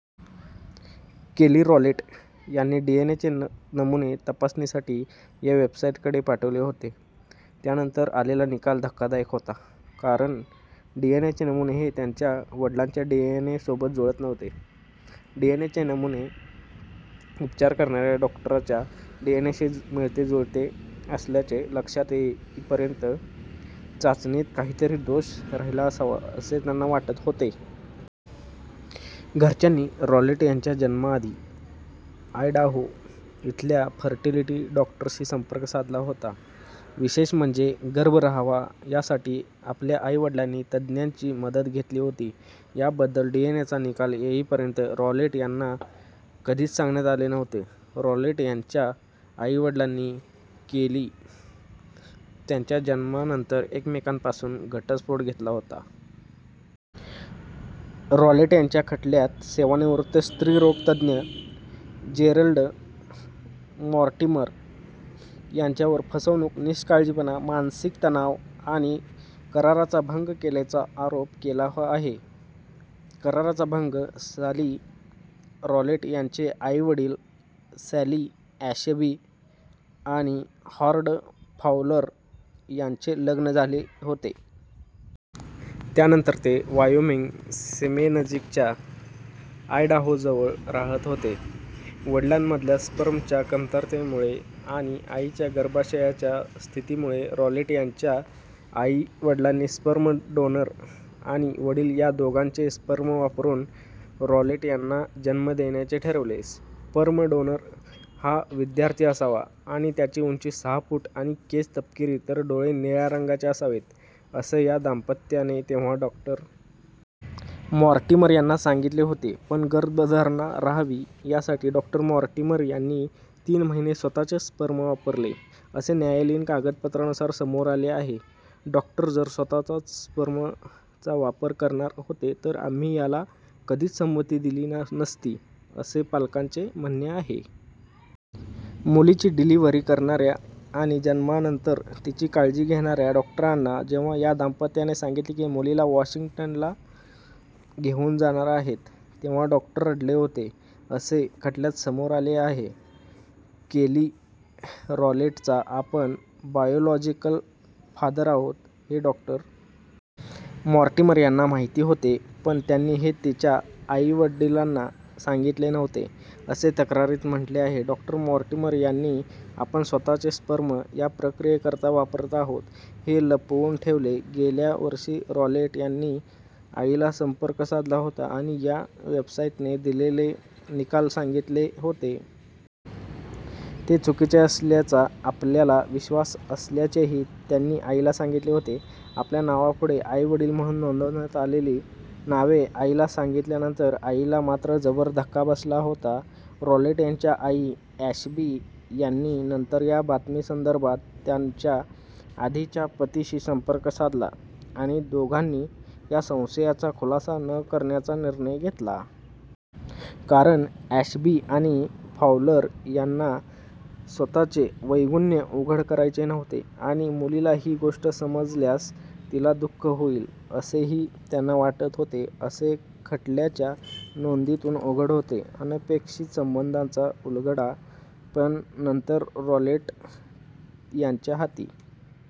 केली रॉलेट यांनी डीएनएचे नमुने तपासणीसाठी या वेबसाइटकडे पाठवले होते. त्यानंतर आलेला निकाल धक्कादायक होता. कारण डीएनएचे नमुने हे त्यांच्या वडिलांच्या डीएनएसोबत जुळत नव्हते. डीएनएचे नमुने उपचार करणाऱ्या डॉक्टरच्या डीएनएशी मिळतेजुळते असल्याचे लक्षात येईपर्यंत चाचणीत काहीतरी दोष राहिला असावा, असे त्यांना वाटत होते. घरच्यांनी रॉलेट यांच्या जन्माआधी आयडाहो इथल्या फर्टिलिटी डॉक्टरशी संपर्क साधला होता. विशेष म्हणजे गर्भ राहावा यासाठी आपल्या आई-वडिलांनी तज्ज्ञांची मदत घेतली होती याबद्दल डीएनएचा निकाल येईपर्यंत रॉलेट यांना कधीच सांगण्यात आले नव्हते. रॉलेट यांच्या आई-वडिलांनी केली यांच्या जन्मानंतर एकमेकांपासून घटस्फोट घेतला होता. रॉलेट यांच्या खटल्यात सेवानिवृत्त स्त्रीरोग तज्ज्ञ जेरल्ड मॉर्टिमर यांच्यावर फसवणूक, निष्काळजीपणा, मानसिक तणाव आणि कराराचा भंग केल्याचा आरोप केला आहे. कराराचा भंग साली रॉलेट यांचे आई-वडील सॅली ॲशबी आणि हॉर्ड फॉवलर यांचे लग्न झाले होते. त्यानंतर ते वायोमिंग सीमेनजीकच्या आयडाहोजवळ राहत होते. वडिलांमधल्या स्पर्मच्या कमतरतेमुळे आणि आईच्या गर्भाशयाच्या स्थितीमुळे रॉलेट यांच्या आई-वडिलांनी स्पर्म डोनर आणि वडील या दोघांचे स्पर्म वापरून रॉलेट यांना जन्म देण्याचे ठरवले. स्पर्म डोनर हा विद्यार्थी असावा आणि त्याची उंची सहा फूट आणि केस तपकिरी तर डोळे निळ्या रंगाचे असावेत, असे या दाम्पत्याने तेव्हा डॉ. मॉर्टिमर यांना सांगितले होते. पण गर्भधारणा राहावी यासाठी डॉ. मॉर्टिमर यांनी तीन महिने स्वतःचेच स्पर्म वापरले, असे न्यायालयीन कागदपत्रांनुसार समोर आले आहे. डॉक्टर जर स्वतःच्याच स्पर्मचा वापर करणार होते तर आम्ही याला कधीच संमती दिली नसती, असे पालकांचे म्हणणे आहे. मुलीची डिलिव्हरी करणाऱ्या आणि जन्मानंतर तिची काळजी घेणाऱ्या डॉक्टरांना जेव्हा या दाम्पत्याने सांगितले की, मुलीला वॉशिंग्टनला घेऊन जाणार आहेत, तेव्हा डॉक्टर रडले होते, असे खटल्यात समोर आले आहे. केली रॉलेटचा आपण बायोलॉजिकल फादर आहोत हे डॉ. मॉर्टिमर यांना माहिती होते, पण त्यांनी हे तिच्या आई-वडिलांना सांगितले नव्हते, असे तक्रारीत म्हटले आहे. डॉ. मॉर्टिमर यांनी आपण स्वतःचे स्पर्म या प्रक्रियेकरता वापरत आहोत, हे लपवून ठेवले. गेल्या वर्षी रॉलेट यांनी आईला संपर्क साधला होता आणि या वेबसाइटने दिलेले निकाल सांगितले होते. ते चुकीचे असल्याचा आपल्याला विश्वास असल्याचेही त्यांनी आईला सांगितले होते. आपल्या नावापुढे आई-वडील म्हणून नोंदवण्यात आलेली नावे आईला सांगितल्यानंतर आईला मात्र जबर धक्का बसला होता. रॉलेट यांच्या आई ॲशबी यांनी नंतर या बातमी संदर्भात त्यांच्या आधीच्या पतीशी संपर्क साधला आणि दोघांनी या संशयाचा खुलासा न करण्याचा निर्णय घेतला. कारण ॲशबी आणि फॉवलर यांना स्वतःचे वैगुण्य उघड करायचे नव्हते आणि मुलीला ही गोष्ट समजल्यास तिला दु:ख होईल, असेही त्यांना वाटत होते, असे खटल्याच्या नोंदीतून उघड होते. अनपेक्षित संबंधांचा उलगडा पण नंतर रॉलेट यांच्या हाती